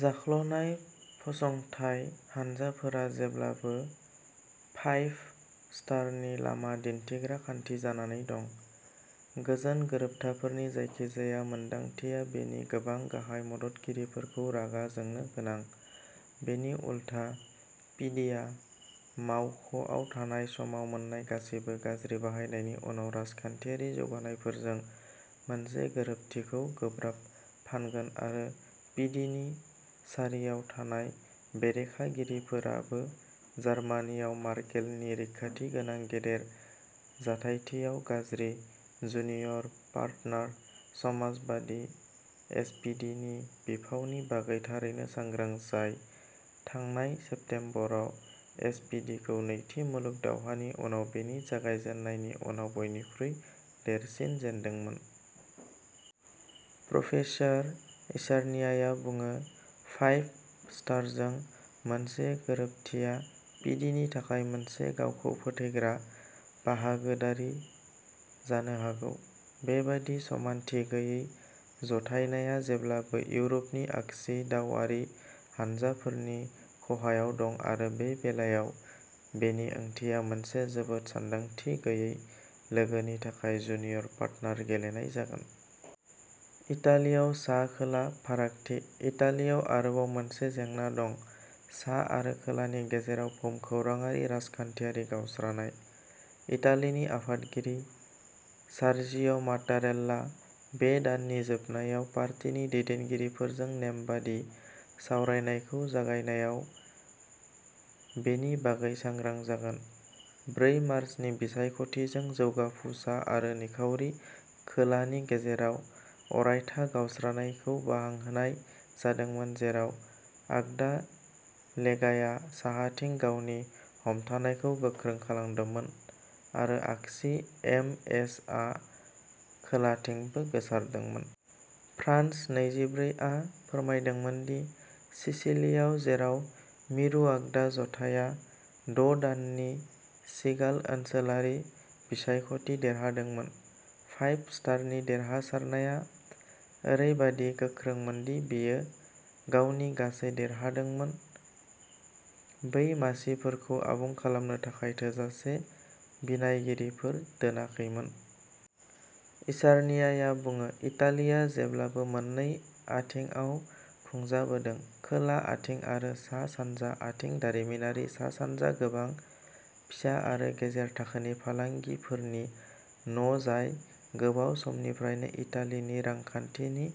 जाख्ल'नाय फसंथाय हानजाफोरा जेब्लाबो फाइभ स्टारनि लामा दिन्थिग्रा खान्थि जानानै दं। गोजोन गोरोबथाफोरनि जायखिजाया मोनदांथिया बेनि गोबां गाहाय मददगिरिफोरखौ रागा जोंनो गोनां। बिनि उलथा पिडिआ मावख'आव थानाय समाव मोन्नाय गासिबो गाज्रि बाहायनायनि उनाव राजखान्थियारि जौगानायफोरजों मोनसे गोरोबथिखौ गोब्राब फानगोन आरो पिडिनि सारियाव थानाय बेरेखागिरिफोराबो जार्मानियाव मर्केलनि रैखाथि गोनां गेदेर जथायथियाव गाज्रि जुनियर पार्टनार समाजबादि एसपिडिनि बिफावनि बागै थारैनो सांग्रां जाय थांनाय सेप्तेम्बराव एसपिडिखौ नैथि मुलुग दावहानि उनाव बेनि जागायजेन्नायनि उनाव बयनिख्रुइ देरसिन जेनदोंमोन। प्रफेसार इसार्नियाया बुङो फाइभ स्टारजों मोनसे गोरोबथिया पिडिनि थाखाय मोनसे गावखौ फोथैग्रा बाहागोदारि जानो हागौ। बेबादि समानथि गैयै जथायनाया जेब्लाबो इउरपनि आगसि दावआरि हानजाफोरनि खहायाव दं आरो बे बेलायाव बेनि ओंथिया मोनसे जोबोद सानदांथि गैयै लोगोनि थाखाय जुनियर पार्टनार गेलेनाय जागोन। इटालियाव सा खोला फारागथि। इटालियाव आरोबाव मोनसे जेंना दं सा आरो खोलानि गेजेराव भुमखौराङारि राजखान्थियारि गावस्रानाय। इटालिनि आफादगिरि सार्जिअ'मातारेल्ला बे दाननि जोबनायाव पार्टीनि दैदेनगिरिफोरजों नेमबादि सावरायनायखौ जागायनायाव बेनि बागै सांग्रां जागोन। ब्रै मार्चनि बिसायख'थिजों जौगाफु सा आरो निखावरि खोलानि गेजेराव अरायथा गावस्रानायखौ बांहोनाय जादोंमोन जेराव आगदा लेगाया साहाथिं गावनि हमथानायखौ गोख्रों खालामदोंमोन आरो आगसि एम एसआ खोलाथिंबो गोसारदोंमोन। फ्रान्स नैजिब्रै आ फोरमायदोंमोन दि सिसिलियाव जेराव मिरु आगदा जथाइया द' दाननि सिगांल ओनसोलारि बिसायख'थि देरहादोंमोन फाइभ स्टारनि देरहासारनाया ओरैबायदि गोख्रोंमोन दि बियो गावनि गासै देरहादोंमोन बै मासिफोरखौ आबुं खालामनो थाखाय थोजासे बिनायगिरिफोर दोनाखैमोन। इसार्नियाया बुङो इटालिया जेब्लाबो मोन्नै आथिंआव खुंजाबोदों खोला आथिं आरो सा सानजा आथिं दारिमिनारि सा सानजा गोबां फिसा आरो गेजेर थाखोनि फालांगिफोरनि न'जाय गोबाव समनिफ्रायनो इटालिनि रांखान्थिनि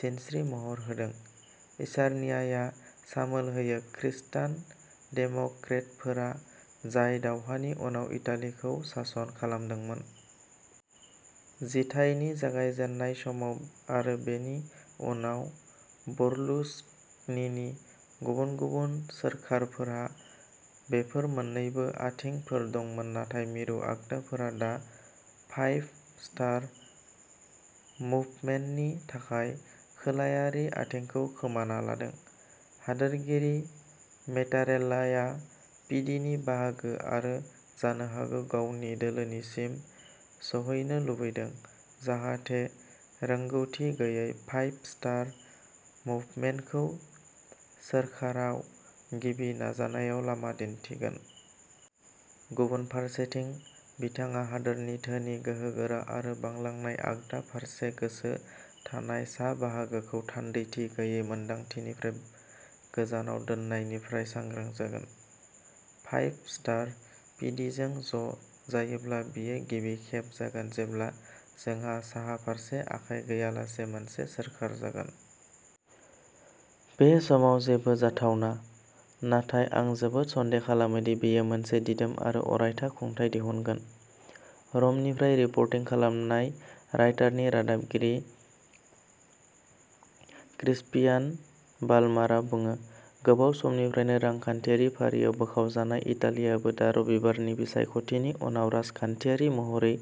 सिनस्रि महर होदों। इसार्नियाया सामोल होयो खृस्टान डेम'क्रेटफोरा जाय दावहानि उनाव इटालिखौ सासन खालामदोंमोन। जिथाइनि जागायजेन्नाय समाव आरो बेनि उनाव बर्लुस्कनिनि गुबुन गुबुन सोरखारफोरहा बेफोर मोन्नैबो आथिंफोर दंमोन नाथाय मिरु आगदाफोरा दा फाइभ स्टार मुभमेन्टनि थाखाय खोलायारि आथिंखौ खोमाना लादों। हादोरगिरि मेटारेल्लाया पिडिनि बाहागो आरो जानो हागौ गावनि दोलोनिसिम सौहैनो लुबैदों जाहाथे रोंगौथि गैयै फाइभ स्टार मुभमेन्टखौ सोरखाराव गिबि नाजानायाव लामा दिन्थिगोन। गुबुन फारसेथिं बिथाङा हादोरनि धोनि गोहोगोरा आरो बांलांनाय आगदा फारसे गोसो थानाय सा बाहागोखौ थान्दैथि गैयै मोन्दांथिनिफ्राय गोजानाव दोननायनिफ्राय सांग्रां जागोन। फाइभ स्टारआ पिदिजों ज' जायोब्ला बेयो गिबि खेब जागोन जेब्ला जोंहा साहा फारसे आखाय गैयालासे मोनसे सोरखार जागोन। बे समाव जेबो जाथावना। नाथाय आं जोबोद सन्देह खालामो दि बेयो मोनसे दिदोम आरो अरायथा खुंथाय दिहुनगोन। र'मनिफ्राय रिपर्टिं खालामनाय रायटारनि रादाबगिरि क्रिस्पियान बाल्मारआ बुङो गोबाव समनिफ्रायनो रांखान्थियारि फारियाव बोखावजानाय इटालीआबो दा रबिबारनि बिसायख'थिनि उनाव राजखान्थियारि महरै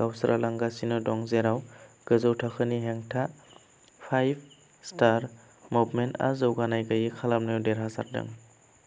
गावस्रालांगासिनो दं जेराव गोजौ थाखोनि हेंथा फाइभ स्टार मुभमेन्टआ जौगानाय गैयै खोलायाव देरहासारदों।